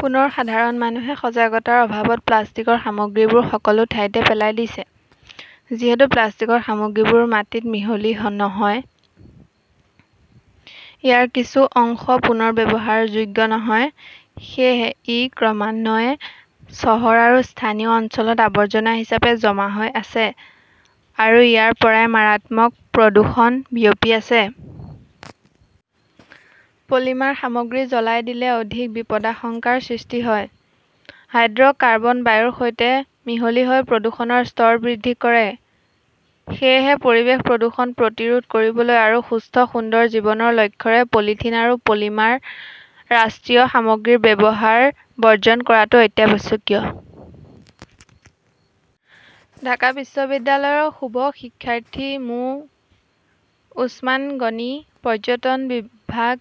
পুনৰ সাধাৰণ মানুহে সজাগতাৰ অভাৱত প্লাষ্টিকৰ সামগ্ৰীবোৰ সকলো ঠাইতে পেলাই দিছে। যিহেতু প্লাষ্টিকৰ সামগ্ৰীবোৰ মাটিত মিহলি নহয়, ইয়াৰ কিছু অংশ পুনৰ ব্যৱহাৰ যোগ্য নহয়, সেয়েহে ই ক্ৰমান্বয়ে চহৰ আৰু স্থানীয় অঞ্চলত আৱৰ্জনা হিচাপে জমা হৈ আছে আৰু ইয়াৰ পৰাই মাৰাত্মক প্ৰদূষণ বিয়পি আছে। পলিমাৰ সামগ্ৰী জ্বলাই দিলে অধিক বিপদাশংকাৰ সৃষ্টি হয়। হাইড্ৰ'কাৰ্বন বায়ুৰ সৈতে মিহলি হৈ প্ৰদূষণৰ স্তৰ বৃদ্ধি কৰে। সেয়েহে পৰিৱেশ প্ৰদূষণ প্ৰতিৰোধ কৰিবলৈ আৰু সুস্থ-সুন্দৰ জীৱনৰ লক্ষ্যৰে পলিথিন আৰু পলিমাৰ ৰাষ্ট্ৰীয় সামগ্ৰীৰ ব্যৱহাৰ বৰ্জন কৰাটো অত্যাৱশ্যকীয়। ঢাকা বিশ্ববিদ্যালয়ৰ শুভ শিক্ষাৰ্থী মো. ওছমান গনি পৰ্যটন বিভাগ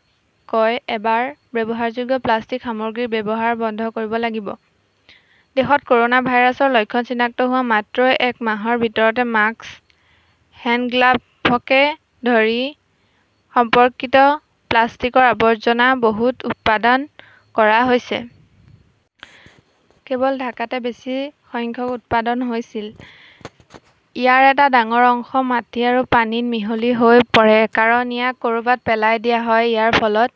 কয়, "এবাৰ ব্যৱহাৰযোগ্য প্লাষ্টিক সামগ্ৰীৰ ব্যৱহাৰ বন্ধ কৰিব লাগিব"। দেশত কৰ'না ভাইৰাছৰ লক্ষণ চিনাক্ত হোৱাৰ মাত্ৰই এক মাহৰ ভিতৰতে মাস্ক, হেণ্ডগ্লাভকে ধৰি সম্পৰ্কিত প্লাষ্টিকৰ আৱৰ্জনা বহুত উৎপাদন কৰা হৈছে। কেৱল ঢাকাতে বেছি সংখ্যক উৎপাদন হৈছিল। ইয়াৰ এটা ডাঙৰ অংশ মাটি আৰু পানীত মিহলি হৈ পৰে কাৰণ ইয়াক ক'ৰবাত পেলাই দিয়া হয়। ইয়াৰ ফলত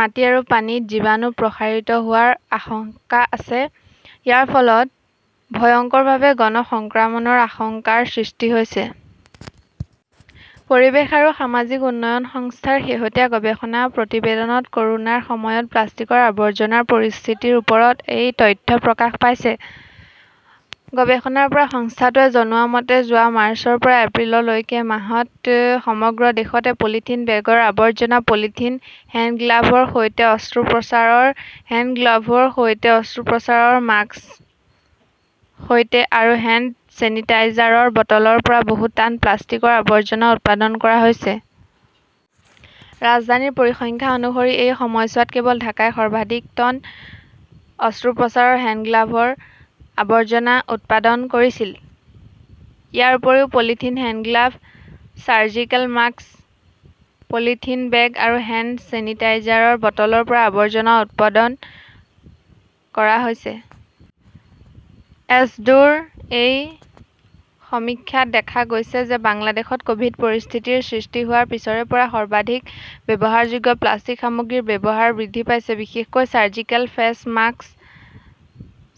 মাটি আৰু পানীত জীৱাণু প্ৰসাৰিত হোৱাৰ আশংকা আছে। ইয়াৰ ফলত ভয়ংকৰভাৱে গণ সংক্ৰমণৰ আশংকাৰ সৃষ্টি হৈছে। পৰিৱেশ আৰু সামাজিক উন্নয়ন সংস্থাৰ শেহতীয়া গৱেষণা প্ৰতিবেদনত ক'ৰোনাৰ সময়ত প্লাষ্টিকৰ আৱৰ্জনাৰ পৰিস্থিতিৰ ওপৰত এই তথ্য প্ৰকাশ পাইছে। গৱেষণাৰ পৰা সংস্থাটোৱে জনোৱা মতে, যোৱা মাৰ্চৰ পৰা এপ্ৰিললৈকে মাহত সমগ্ৰ দেশতে পলিথিন বেগৰ আৱৰ্জনা, পলিথিন হেণ্ডগ্লাভৰ সৈতে, অস্ত্ৰোপচাৰৰ হেণ্ডগ্লাভৰ সৈতে, অস্ত্ৰোপচাৰৰ মাস্কৰ সৈতে আৰু হেণ্ড ছেনিটাইজাৰৰ বটলৰ পৰা বহুত টন প্লাষ্টিকৰ আৱৰ্জনা উৎপাদন কৰা হৈছে। ৰাজধানীৰ পৰিসংখ্যা অনুসৰি, এই সময়ছোৱাত কেৱল ঢাকাই সৰ্বাধিক টন অস্ত্ৰোপচাৰৰ হেণ্ডগ্লাভৰ আৱৰ্জনা উৎপাদন কৰিছিল। ইয়াৰ উপৰিও polythene hand glove, surgical mask, polythene bag আৰু হেণ্ড ছেনিটাইজাৰৰ বটলৰ পৰা আৱৰ্জনা উৎপাদন কৰা হৈছে। এছডোৰ সেই সমীক্ষাত দেখা গৈছে যে বাংলাদেশত ক'ভিড পৰিস্থিতিৰ সৃষ্টি হোৱাৰ পিছৰে পৰা সৰ্বাধিক ব্যৱহাৰযোগ্য প্লাষ্টিক সামগ্ৰীৰ ব্যৱহাৰ বৃদ্ধি পাইছে বিশেষকৈ চাৰ্জিকেল ফেছ মাস্ক,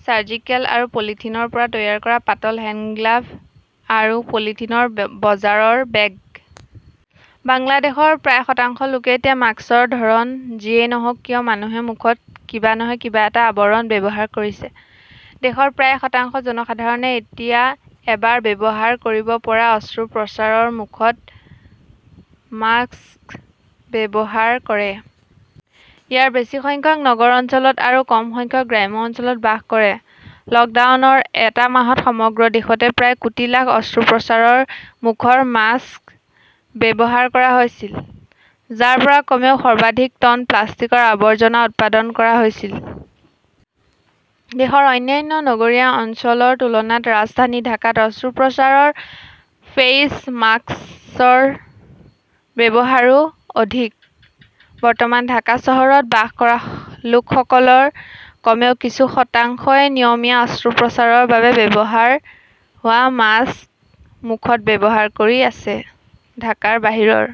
চাৰ্জিকেল আৰু পলিথিনৰ পৰা তৈয়াৰ কৰা পাতল হেণ্ডগ্লাভ আৰু পলিথিনৰ বজাৰৰ বেগ। বাংলাদেশৰ প্ৰায় শতাংশ লোকে এতিয়া মাস্কৰ ধৰণ যিয়েই নহওক কিয়, মানুহে মুখত কিবা নহয় কিবা এটা আৱৰণ ব্যৱহাৰ কৰিছে। দেশৰ প্ৰায় শতাংশ জনসাধাৰণে এতিয়া এবাৰ ব্যৱহাৰ কৰিব পৰা অস্ত্ৰোপচাৰৰ মুখত মাস্ক ব্যৱহাৰ কৰে। ইয়াৰ বেছি সংখ্যক নগৰ অঞ্চলত আৰু কম সংখ্যক গ্ৰাম্য অঞ্চলত বাস কৰে। লকডাউনৰ এটা মাহত সমগ্ৰ দেশতে প্ৰায় কোটি লাখ অস্ত্ৰোপচাৰৰ মুখৰ মাস্ক ব্যৱহাৰ কৰা হৈছিল, যাৰ পৰা কমেও সৰ্বাধিক টন প্লাষ্টিকৰ আৱৰ্জনা উৎপাদন কৰা হৈছিল। দেশৰ অন্যান্য নগৰীয়া অঞ্চলৰ তুলনাত ৰাজধানী ঢাকাত অস্ত্ৰোপচাৰৰ ফেইচ মাস্কৰ ব্যৱহাৰো অধিক। বৰ্তমান ঢাকা চহৰত বাস কৰা লোকসকলৰ কমেও কিছু শতাংশই নিয়মীয়া অস্ত্ৰোপচাৰৰ বাবে ব্যৱহাৰ হোৱা মাস্ক মুখত ব্যৱহাৰ কৰি আছে। ঢাকাৰ বাহিৰৰ